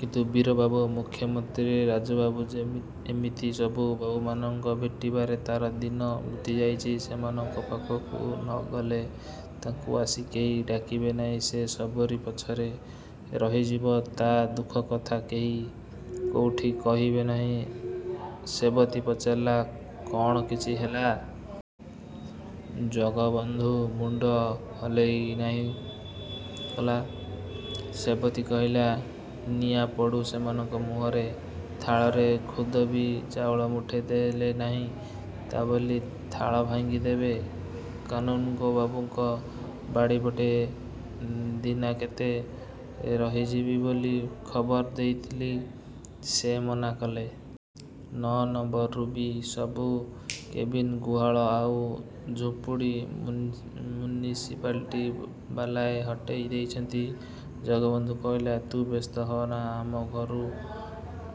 କିନ୍ତୁ ବୀରବାବୁ, ମୁଖ୍ୟମନ୍ତ୍ରୀ, ରାଜୁବାବୁ ଯେମି ଏମିତି ସବୁ ବାବୁମାନଙ୍କୁ ଭେଟିବାରେ ତାର ଦିନ ବିତିଯାଉଛି। ସେମାନଙ୍କ ପାଖକୁ ନଗଲେ ତାକୁ ଆସି କେହି ଡାକିବେ ନାହିଁ। ସେ ସବୁରି ପଛରେ ରହିଯିବ। ତା ଦୁଃଖକଥା କେହି କୋଉଠି କହିବେ ନାହିଁ। ସେବତୀ ପଚାରିଲା, "କଣ କିଛି ହେଲା?" ଜଗବନ୍ଧୁ ମୁଣ୍ଡ ହଲେଇ ନାହିଁ କଲା। ସେବତୀ କହିଲା, "ନିଆଁ ପଡୁ ସେମାନଙ୍କ ମୁହଁରେ। ଥାଳରେ ଖୁଦ କି ଚାଉଳ ମୁଠେ ଦେଲେ ନାହିଁ, ତା ବୋଲି ଥାଳ ଭାଙ୍ଗିଦେବେ? କାନୁନ୍‌ଗୋ ବାବୁଙ୍କ ବାଡ଼ିପଟେ ଦିନକେତେ ରହିଯିବି ବୋଲି ଖବର ଦେଇଥିଲି। ସେ ମନା କଲେ। ନଅ ନମ୍ବରରୁ ବି ସବୁ କେବିନ୍, ଗୁହାଳ ଆଉ ଝୁମ୍ପୁଡ଼ି ମ୍ୟୁନିସିପାଲିଟି ବାଲାଏ ହଟେଇ ଦେଇଛନ୍ତି।" ଜଗବନ୍ଧୁ କହିଲା, "ତୁ ବ୍ୟସ୍ତ ହଅନା। ଆମ ଘରୁ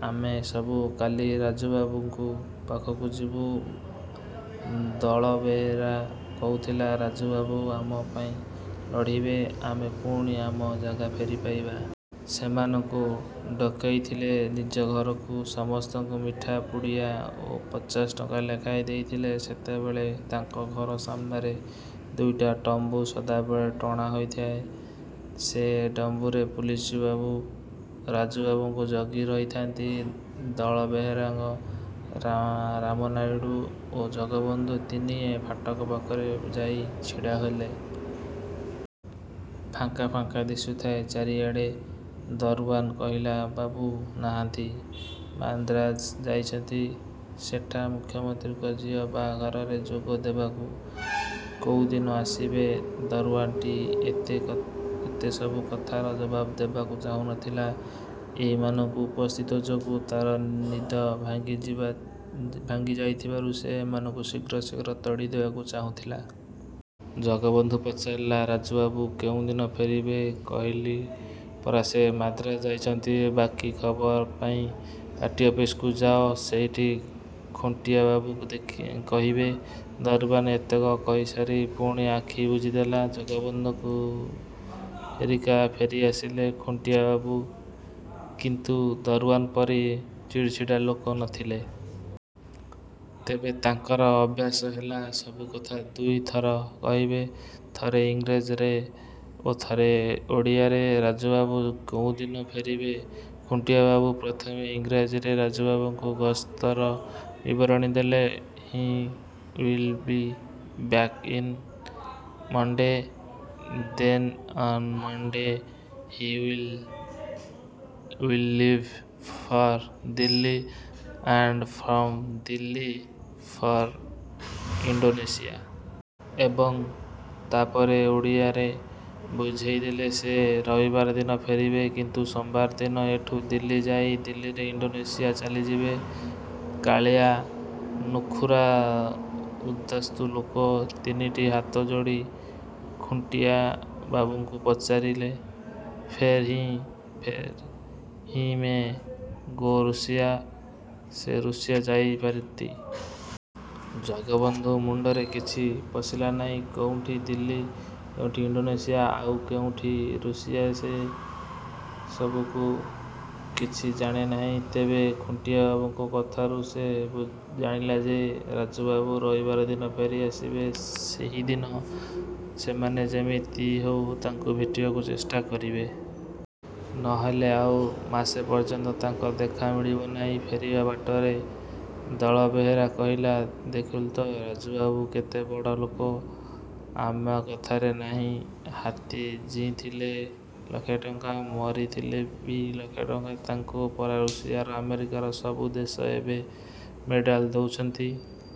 ଆମେ ସବୁ କାଲି ରାଜୁବାବୁଙ୍କୁ ପାଖକୁ ଯିବୁ। ଦଳବେହେରା କୋହୁଥିଲା ରାଜୁବାବୁ ଆମ ପାଇଁ ଲଢ଼ିବେ। ଆମେ ପୁଣି ଆମ ଜାଗା ଫେରି ପାଇବା। ସେମାନଙ୍କୁ ଡକେଇଥିଲେ ନିଜ ଘରକୁ। ସମସ୍ତଙ୍କୁ ମିଠା ପୁଡ଼ିଆ ଓ ପଚାଶ ଟଙ୍କା ଲେଖାଏଁ ଦେଇଥିଲେ। ସେତେବେଳେ ତାଙ୍କ ଘର ସାମ୍ନାରେ ଦିଇଟା ଟମ୍ବୁ ସଦାବେଳେ ଟଣା ହୋଇଥାଏ। ସେଇ ଟମ୍ବୁରେ ପୁଲିସବାବୁ ରାଜୁବାବୁଙ୍କୁ ଜଗିରହିଥାନ୍ତି। ଦଳବେହେରାଙ୍କ, ରା ରାମନାଇଡୁ ଓ ଜଗବନ୍ଧୁ ତିନିହେଁ ଫାଟକ ପାଖରେ ଯାଇ ଛିଡ଼ାହେଲେ। ଫାଙ୍କା ଫାଙ୍କା ଦିଶୁଥାଏ ଚାରିଆଡ଼। ଦରୱାନ କହିଲା, "ବାବୁ ନାହାନ୍ତି। ମାନ୍ଦ୍ରାଜ ଯାଇଛନ୍ତି, ସେଠା ମୁଖ୍ୟମନ୍ତ୍ରୀଙ୍କ ଝିଅ ବାହାଘରରେ ଯୋଗ ଦେବାକୁ।" "କୋଉଦିନ ଆସିବେ?" ଦରୱାନଟି ଏତେ ସବୁ କଥାର ଜବାବ ଦେବାକୁ ଚାହୁଁ ନଥିଲା। ଏଇମାନଙ୍କ ଉପସ୍ଥିତି ଯୋଗୁ ତାର ନିଦ ଭାଙ୍ଗିଯିବା ଭାଙ୍ଗିଯାଇଥିବାରୁ ସେ ଏମାନଙ୍କୁ ଶୀଘ୍ର ଶୀଘ୍ର ତଡ଼ିଦେବାକୁ ଚାହୁଁଥିଲା। ଜଗବନ୍ଧୁ ପଚାରିଲା, "ରାଜୁବାବୁ କେଉଁଦିନ ଫେରିବେ?" "କହିଲି ପରା ସେ ମାନ୍ଦ୍ରାଜ ଯାଇଛନ୍ତି। ବାକି ଖବର ପାଇଁ ପାର୍ଟି ଅଫିସ୍‌କୁ ଯାଅ। ସେଇଠି ଖୁଣ୍ଟିଆବାବୁକୁ ଦେଖି କହିବେ।" ଦରୱାନ ଏତକ କହିସାରି ପୁଣି ଆଖି ବୁଜିଦେଲା। ଜଗବନ୍ଧୁହେରିକା ଫେରିଆସିଲେ। ଖୁଣ୍ଟିଆବାବୁ କିନ୍ତୁ ଦରୱାନ ପରି ଚିଡ଼ିଚିଡ଼ା ଲୋକ ନଥିଲେ। ତେବେ ତାଙ୍କର ଅଭ୍ୟାସ ହେଲା ସବୁକଥା ଦୁଇ ଦୁଇଥର କହିବେ। ଥରେ ଇଂରାଜୀରେ ଓ ଥରେ ଓଡ଼ିଆରେ। "ରାଜୁବାବୁ କୋଉଦିନ ଫେରିବେ?" ଖୁଣ୍ଟିଆବାବୁ ପ୍ରଥମେ ଇଂରାଜୀରେ ରାଜୁବାବୁଙ୍କ ଗସ୍ତର ବିବରଣୀ ଦେଲେ, "he will be back in Monday. Then on Monday he will will leave for Delhi and from Delhi for Indonesia." ଏବଂ ତାପରେ ଓଡ଼ିଆରେ ବୁଝେଇଦେଲେ 'ସେ ରବିବାର ଦିନ ଫେରିବେ। କିନ୍ତୁ ସୋମବାର ଦିନ ଏଠୁ ଦିଲ୍ଲୀ ଯାଇ ଦିଲ୍ଲୀରୁ ଇଣ୍ଡୋନେସିଆ ଚାଲିଯିବେ।' କାଳିଆ, ନୁଖୁରା ଉଦ୍ବାସ୍ତୁ ଲୋକ ତିନିଟି ହାତଯୋଡ଼ି ଖୁଣ୍ଟିଆବାବୁଙ୍କୁ ପଚାରିଲେ, "ଫେର୍?" "He may go Russia. ସେ ରୁଷିଆ ଯାଇପାରନ୍ତି।" ଜଗବନ୍ଧୁ ମୁଣ୍ଡରେ କିଛି ପଶିଲା ନାହିଁ। କୋଉଠି ଦିଲ୍ଲୀ, କୋଉଠି ଇଣ୍ଡୋନେସିଆ, ଆଉ କୋଉଠି ରୁଷିଆସେ ଏସବୁ କିଛି ଜାଣେ ନାହିଁ। ତେବେ ଖୁଣ୍ଟିଆବାବୁଙ୍କ କଥାରୁ ସେ ଜାଣିଲା ଯେ ରାଜୁବାବୁ ରବିବାର ଦିନ ଫେରି ଆସିବେ। ସେହିଦିନ ସେମାନେ ଯେମିତି ହେଉ ତାଙ୍କୁ ଭେଟିବାକୁ ଚେଷ୍ଟା କରିବେ। ନ ହେଲେ ଆଉ ମାସେ ପର୍ଯ୍ୟନ୍ତ ତାଙ୍କ ଦେଖା ମିଳିବ ନାହିଁ। ଫେରିବା ବାଟରେ ଦଳବେହେରା କହିଲା, "ଦେଖିଲୁ ତ, ରାଜୁବାବୁ କେତେ ବଡ଼ ଲୋକ। ଆମ କଥାରେ ନାହିଁ, ହାତୀ ଜିଇଁଥିଲେ ଲାଖେ ଟଙ୍କା, ମରିଥିଲେ ବି ଲାଖେ ଟଙ୍କା। ତାଙ୍କୁ ପରା ରୁଷିଆ, ଆମେରିକା ସବୁ ଦେଶ ଏବେ ମେଡାଲ ଦୋଉଛନ୍ତି।